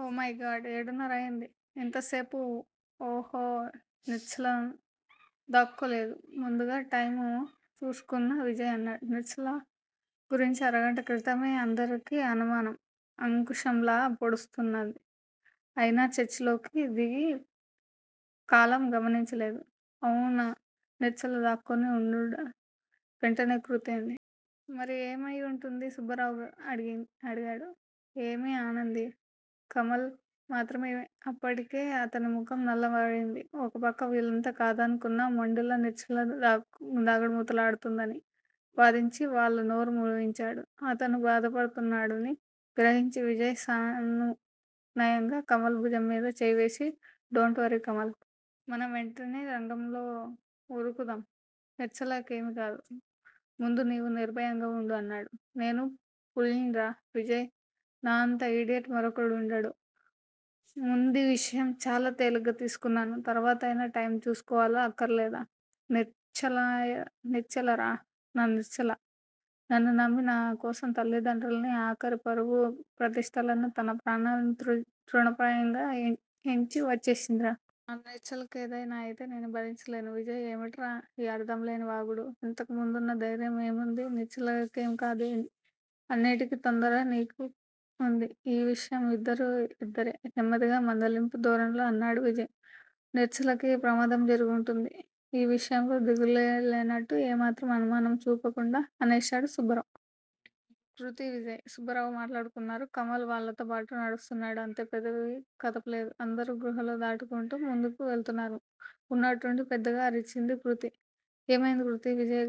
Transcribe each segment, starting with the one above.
ఓ my god. ఏడున్నర అయింది ఇంతసేపు ఉహో నిశ్చల దాక్కోలేదు ముందుగా టైము చూసుకున్న విజయ్ అన్నాడు. నిశ్చల గురించి అరగంట క్రితమే అందరికీ అనుమానం అంకుశంలా పొడుస్తున్నది. అయినా చర్చలోకి దిగి కాలం గమనించలేదు. అవును నిశ్చల దాక్కొని వుండడు వెంటనే కృతి అంది. మరి ఏమయి వుంటుంది? సుబ్బారావు అడిగాడు. ఏమీ ఆనంది కమల్ మాత్రమే అప్పటికే అతని ముఖం నల్లబడింది ఓపక్క వీళ్ళంతా కాదంకున్నా మొండిల నిశ్చల దాగుడు మూతలాడుతుందని వాదించి వీళ్ళ నోరు మూయించాడు. అతను బాధపడుతున్నాడని గ్రహించిన విజయ్ సానునయంగా కమల్ బుజంమీద చేయివేసి డోంట్ వర్రీ కమల్! మనం వెంటనే రంగంలోకి వురుకుందా. నిశ్చల కేమీకాదు. ముందు నీవు నిర్భయంగా వుండు అన్నాడు. నేను పూల్నిరా విజయ్! నా అంత ఇడియట్ మరొకడు వుండడు. ముందీవిషయం చాలా తేలిగ్గా తీసుకున్నాను. తర్వాతయినా టైము చూసుకోవాలా అక్కరలేదా! నిశ్చలరా. నా నిశ్చల. నన్ను నమ్మి నాకోసం తల్లిని తండ్రిని ఆఖరికి పరువు ప్రతిష్టలను తనప్రాణాన్నితృణప్రాయంగా ఎంచి వచ్చేసిందిరా! నా నిశ్చల కేదైనా అయితే నే భరించలేనురా విజయ్! ఏమిట్రా ఈ అర్ధంలేని వాగుడు! ఇంతకుముందున్న ధైర్యం ఏమయింది నిశ్చలకేంకాదు. అన్నింటికీ తొందర నీకూ వుంది. ఈ విషయంలో ఇద్దరూ యిద్దరే నెమ్మదిగా మందలింపు ధోరణిలో అన్నాడు విజయ్. నిశ్చలకి ప్రమాదం జరిగివుంటుంది! ఈ విషయంలో దిగులేలేనట్టు ఏ మాత్రం అనుమానం చూపకుండా అనేశాడు సుబ్బారావు. కృతి విజయ్. సుబ్బారావు మాట్లాడుకుంటున్నారు. కమల్ వాళ్ళతోపాటు నడుస్తున్నాడు అంతే పెదవి కదపలేదు. అందరూ గుహలు దాటుకుంటూ ముందుకు వెళుతున్నారు. ఉన్నట్టుండి పెద్దగా అరిచింది కృతి. ఏమైంది కృతీ! విజయ్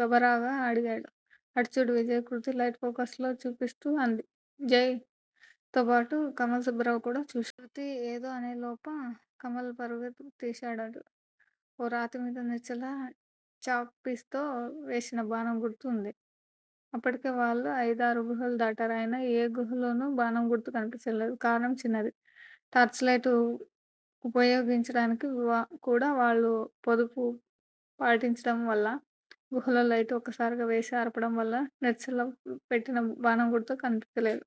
గభరాగా అడిగాడు. అటుచూడు విజయ్! కృతి లైట్ ఫోకస్ లో చూపిస్తూ అంది. జయ్ తో పాటు కమల్ సుబ్బరావు కూడా చూశారు. కృతి ఏదో అనేలోప కమల్ పరుగు తీశాడు అటు. ఓ రాతి మీద నిశ్చల చాక్ పీసుతో వేసిన బాణం గుర్తు ఉంది. అప్పటికే వాళ్ళు అయిదారు గుహాలు దాటారు. అయినా ఏ గుహాలోనూ బాణంగుర్తు కనిపించలేదు. కారణం చిన్నదే. టార్చిలైటు వుపయోగించటానికి కూడా వాళ్ళు పొదుపు పాటించటంవల్ల గుహలో లైటు ఒకసారి వేసి అర్పటంవల్ల నిశ్చల పెట్టిన బాణం గుర్తు కనిపించలేదు.